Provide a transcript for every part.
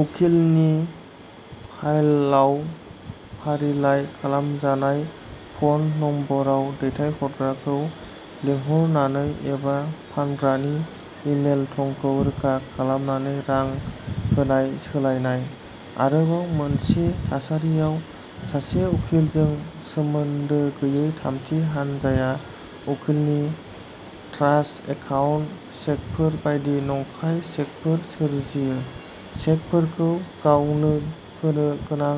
उखिलनि फाइलआव फारिलाइ खालामजानाय फ'न नम्बराव दैथायहरग्राखौ लिंहरनानै एबा फानग्रानि इ-मेल थंखौ रोखा खालामनानै रां होनाय सोलायनाय। आरोबाव मोनसे थासारियाव, सासे उखिलजों सोमोन्दो गैयै थामथि हानजाया उखिलनि ट्रास्ट एकाउन्ट चेकफोर बायदि नंखाय चेकफोर सोरजियो, चेकफोरखौ गावनो होनो गोनां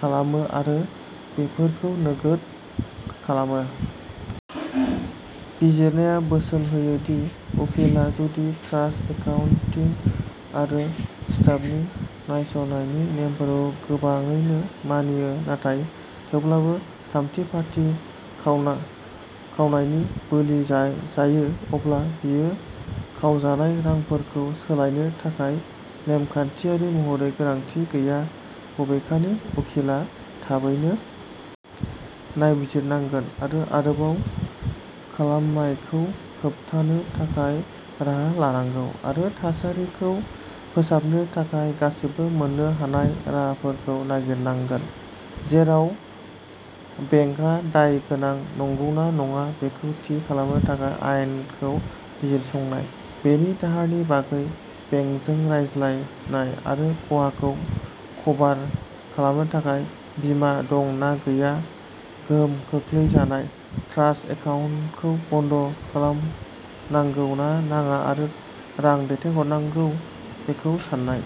खालामो आरो बेफोरखौ नोगोद खालामो। बिजिरनाया बोसोन होयो दि उखिलआ जुदि ट्रास्ट एकाउन्टिंग आरो स्टाफनि नायसंनायनि नेमफोरखौ गोबाङैनो मानियो नाथाय थेवब्लाबो थामथि-पार्टी खावनायनि बोलि जायो अब्ला बियो खावजानाय रांफोरखौ सोलायनो थाखाय नेमखान्थियारि महरै गोनांथि गैया। बबेखानि, उखिलआ थाबैनो नायबिजिरनांगोन आरो आरोबाव खालामनायखौ होबथानो थाखाय राहा लानांगौ आरो थासारिखौ फोसाबनो थाखाय गासैबो मोन्नो हानाय राहाफोरखौ नागिरनांगोन, जेराव बेंकआ दाय गोनां नंगौना नङा बेखौ थि खालामनो थाखाय आयेनखौ बिजिरसंनाय; बेनि दाहारनि बागै बेंकजों रायज्लायनाय आरो खहाखौ कभार खालामनो थाखाय बीमा दं ना गैया; गोहोम खोख्लैजानाय ट्रास्ट एकाउन्टखौ बन्द खालामनांगौ ना नाङा आरो रां दैथायहरनांगौ बेखौ सान्नाय।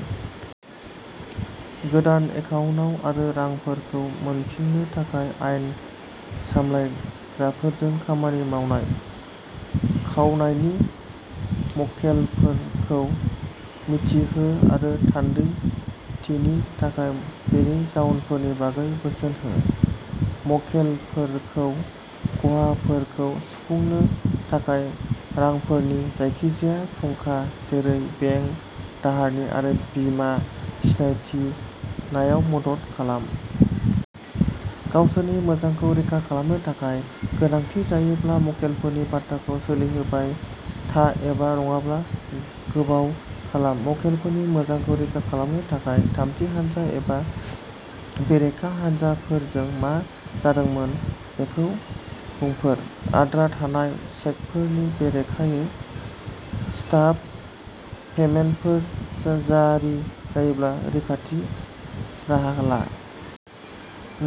गोदान एकाउन्टआव; आरो रांफोरखौ मोनफिन्नो थाखाय आयेन सामलायग्राफोरजों खामानि मावनाय। खावनायनि मक्केलफोरखौ मिथि हो आरो थान्दैथिनि थाखाय बेनि जाउनफोरनि बागै बोसोन हो। मक्केलफोरखौ खहाफोरखौ सुफुंनो थाखाय रांफोरनि जायखिजाया फुंखा, जेरै बेंक दाहारनि आरो बीमा, सिनायथिनायाव मदद खालाम। गावसोरनि मोजांखौ रैखा खालामनो थाखाय गोनांथि जायोब्ला मक्केलफोरनि बाथ्राखौ सोलिहोबाय था एबा नङाब्ला गोबाव खालाम। मक्केलफोरनि मोजांखौ रैखा खालामनो थाखाय थामथि हानजा एबा बेरेखा हानजाफोरजों मा जादोंमोन बेखौ बुंफोर। आद्रा थानाय चेकफोरनि बेरेखायै स्टप पेमेन्टफोर जारि जायोब्ला रैखाथि राहा ला।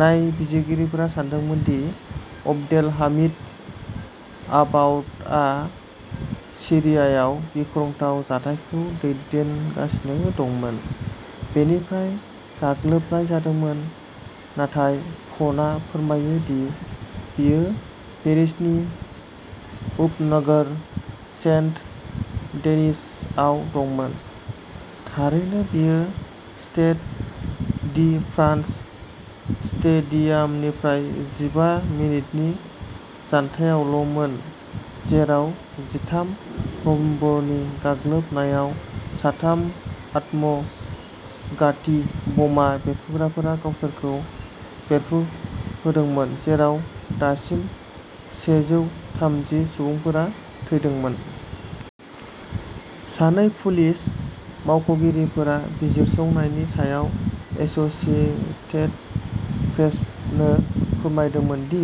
नायबिजिरगिरिफोरा सानदोंमोन दि अब्देलहामिद आबाउदआ सिरियायाव गिख्रंथाव जाथायखौ दैदेनगासिनो दंमोन। बैनिफ्राय गाग्लोबनाय जादोंमोन, नाथाय फनआ फोरमायो दि बियो पेरिसनि उपनगर सेन्ट डेनिसआव दंमोन। थारैनो बियो स्टेड डी फ्रान्स स्टेडियामनिफ्राय जिबा मिनिटनि जान्थायावल'मोन, जेराव जिथाम नबेम्बरनि गाग्लोबनायाव साथाम आत्मघाती बमा बेरग्राफोरा गावसोरखौ बेरफ्रुहोदोंमोन, जेराव दासिम सेजौथामजि सुबुंफोरा थैदोंमोन। सानै पुलिस मावख'गिरिफोरा बिजिरसंनायनि सायाव एसोसिएटेड प्रेसनो फोरमायदोंमोन दि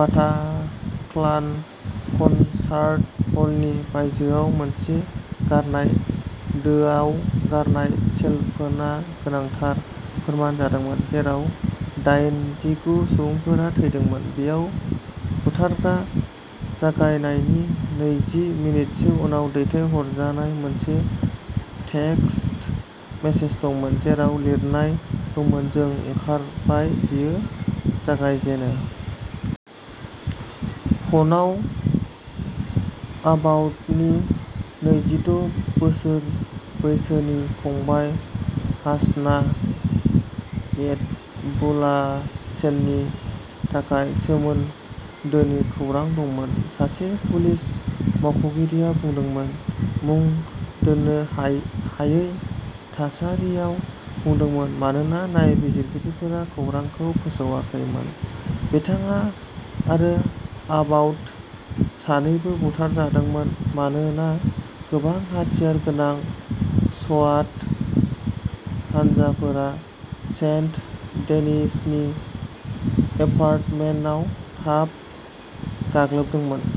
बाटाक्लान कनसार्ट हलनि बायजोआव मोनसे गारनाय दोआव गारनाय सेलफोनआ गोनांथार फोरमान जादोंमोन-जेराव डायेनजिगु सुबुंफोरा थैदोंमोन। बेयाव बुथारग्रा जागायनायनि नैजि मिनिटसो उनाव दैथायहरजानाय मोनसे टेक्सट मेसेज दंमोन, जेराव लिरनाय दंमोन जों ओंखारबाय, बेयो जागायजेनो। फनआव आबाउडनि नैजिद' बोसोर बैसोनि फंबाय, हासना ऐतबुलाहसेननि थाखाय सोमोन्दोनि खौरां दंमोन, सासे पुलिस मावख'गिरिआ बुंदोंमोन, मुं दोननो हायै थासारियाव बुंदोंमोन मानोना नायबिजिरगिरिफोरा खौरांखौ फोसावाखैमोन। बिथाङा आरो आबाउड सानैबो बुथारजादोंमोन मानोना गोबां हाथियार गोनां स्वाट हानजाफोरा सेन्ट-डेनिसनि एपार्टमेन्टआव थाब गाग्लोबदोंमोन।